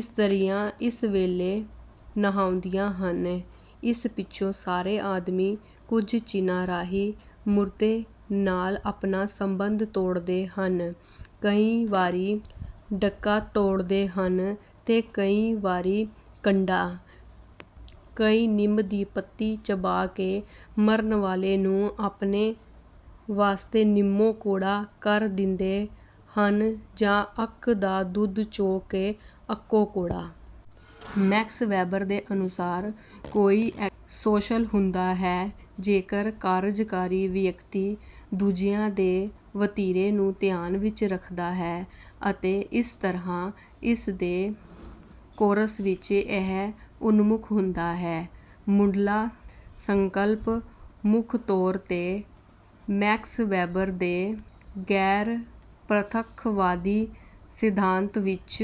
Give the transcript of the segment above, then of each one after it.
ਇਸਤਰੀਆਂ ਇਸ ਵੇਲੇ ਨਹਾਉਂਦੀਆਂ ਹਨ। ਇਸ ਪਿਛੋਂ ਸਾਰੇ ਆਦਮੀ ਕੁਝ ਚਿੰਨ੍ਹਾਂ ਰਾਹੀਂ ਮੁਰਦੇ ਨਾਲ ਆਪਣਾ ਸੰਬੰਧ ਤੋੜਦੇ ਹਨ। ਕਈ ਵਾਰੀ ਡੱਕਾ ਤੋੜਦੇ ਹਨ ਤੇ ਕਈ ਵਾਰੀ ਕੰਡਾ। ਕਈ ਨਿੰਮ ਦੀ ਪੱਤੀ ਚਬਾ ਕੇ ਮਰਨ ਵਾਲੇ ਨੂੰ ਆਪਣੇ ਵਾਸਤੇ ਨਿੰਮੋਂ ਕੌੜਾ ਕਰ ਦਿੰਦੇ ਹਨ ਜਾਂ ਅੱਕ ਦਾ ਦੁੱਧ ਚੋ ਕੇ ਅੱਕੋਂ ਕੌੜਾ। ਮੈਕਸ ਵੈੱਬਰ ਦੇ ਅਨੁਸਾਰ, "ਕੋਈ ਐਕਸ਼ਨ 'ਸੋਸ਼ਲ' ਹੁੰਦਾ ਹੈ ਜੇਕਰ ਕਾਰਜਕਾਰੀ ਵਿਅਕਤੀ ਦੂਜਿਆਂ ਦੇ ਵਤੀਰੇ ਨੂੰ ਧਿਆਨ ਵਿਚ ਰੱਖਦਾ ਹੈ ਅਤੇ ਇਸ ਤਰ੍ਹਾਂ ਇਸਦੇ ਕੋਰਸ ਵਿੱਚ ਇਹ ਉਨਮੁਖ ਹੁੰਦਾ ਹੈ। " ਮੁੱਢਲਾ ਸੰਕਲਪ ਮੁੱਖ ਤੌਰ ਤੇ ਮੈਕਸ ਵੈਬਰ ਦੇ ਗੈਰ-ਪ੍ਰਤੱਖਵਾਦੀ ਸਿਧਾਂਤਵਿੱਚ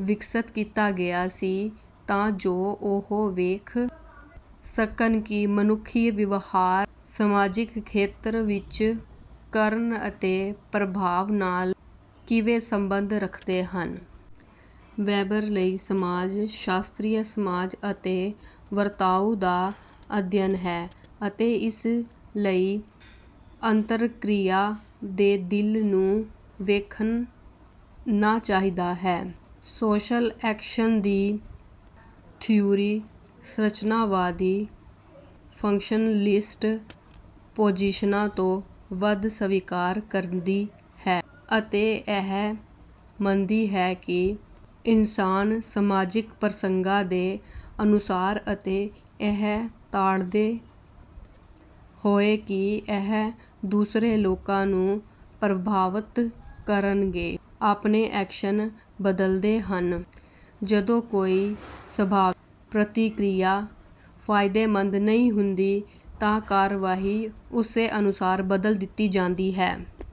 ਵਿਕਸਤ ਕੀਤਾ ਗਿਆ ਸੀ ਤਾਂ ਜੋ ਉਹ ਵੇਖ ਸਕਣ ਕਿ ਮਨੁੱਖੀ ਵਿਵਹਾਰ ਸਮਾਜਿਕ ਖੇਤਰ ਵਿੱਚ ਕਰਨ ਅਤੇ ਪ੍ਰਭਾਵ ਨਾਲ ਕਿਵੇਂ ਸੰਬੰਧ ਰੱਖਦੇ ਹਨ। ਵੈਬਰ ਲਈ, ਸਮਾਜ ਸਾਸ਼ਤਰੀ ਸਮਾਜ ਅਤੇ ਵਰਤਾਓ ਦਾ ਅਧਿਐਨ ਹੈ ਅਤੇ ਇਸ ਲਈ ਅੰਤਰਕਿਰਿਆ ਦੇ ਦਿਲ ਨੂੰ ਵੇਖਣਾ ਚਾਹੀਦਾ ਹੈ। ਸੋਸ਼ਲ ਐਕਸ਼ਨ ਦੀ ਥਿਊਰੀ, ਸੰਰਚਨਾਵਾਦੀ ਫੰਕਸ਼ਨਲਿਸਟ ਪੋਜੀਸ਼ਨਾਂ ਤੋਂ ਵੱਧ ਸਵੀਕਾਰ ਕਰਦੀ ਹੈ ਅਤੇ ਇਹ ਮੰਨਦੀ ਹੈ ਕਿ ਇਨਸਾਨ ਸਮਾਜਿਕ ਪ੍ਰਸੰਗਾਂ ਦੇ ਅਨੁਸਾਰ ਅਤੇ ਇਹ ਤਾੜਦੇ ਹੋਏ ਕਿ ਇਹ ਦੂਸਰੇ ਲੋਕਾਂ ਨੂੰ ਪ੍ਰਭਾਵਤ ਕਰਨਗੇ, ਆਪਣੇ ਐਕਸ਼ਨ ਬਦਲਦੇ ਹਨ; ਜਦੋਂ ਕੋਈ ਸੰਭਾਵੀ ਪ੍ਰਤਿਕਿਰਿਆ ਫਾਇਦੇਮੰਦ ਨਹੀਂ ਹੁੰਦੀ, ਤਾਂ ਕਾਰਵਾਈ ਉਸੇ ਅਨੁਸਾਰ ਬਦਲ ਦਿੱਤੀ ਜਾਂਦੀ ਹੈ।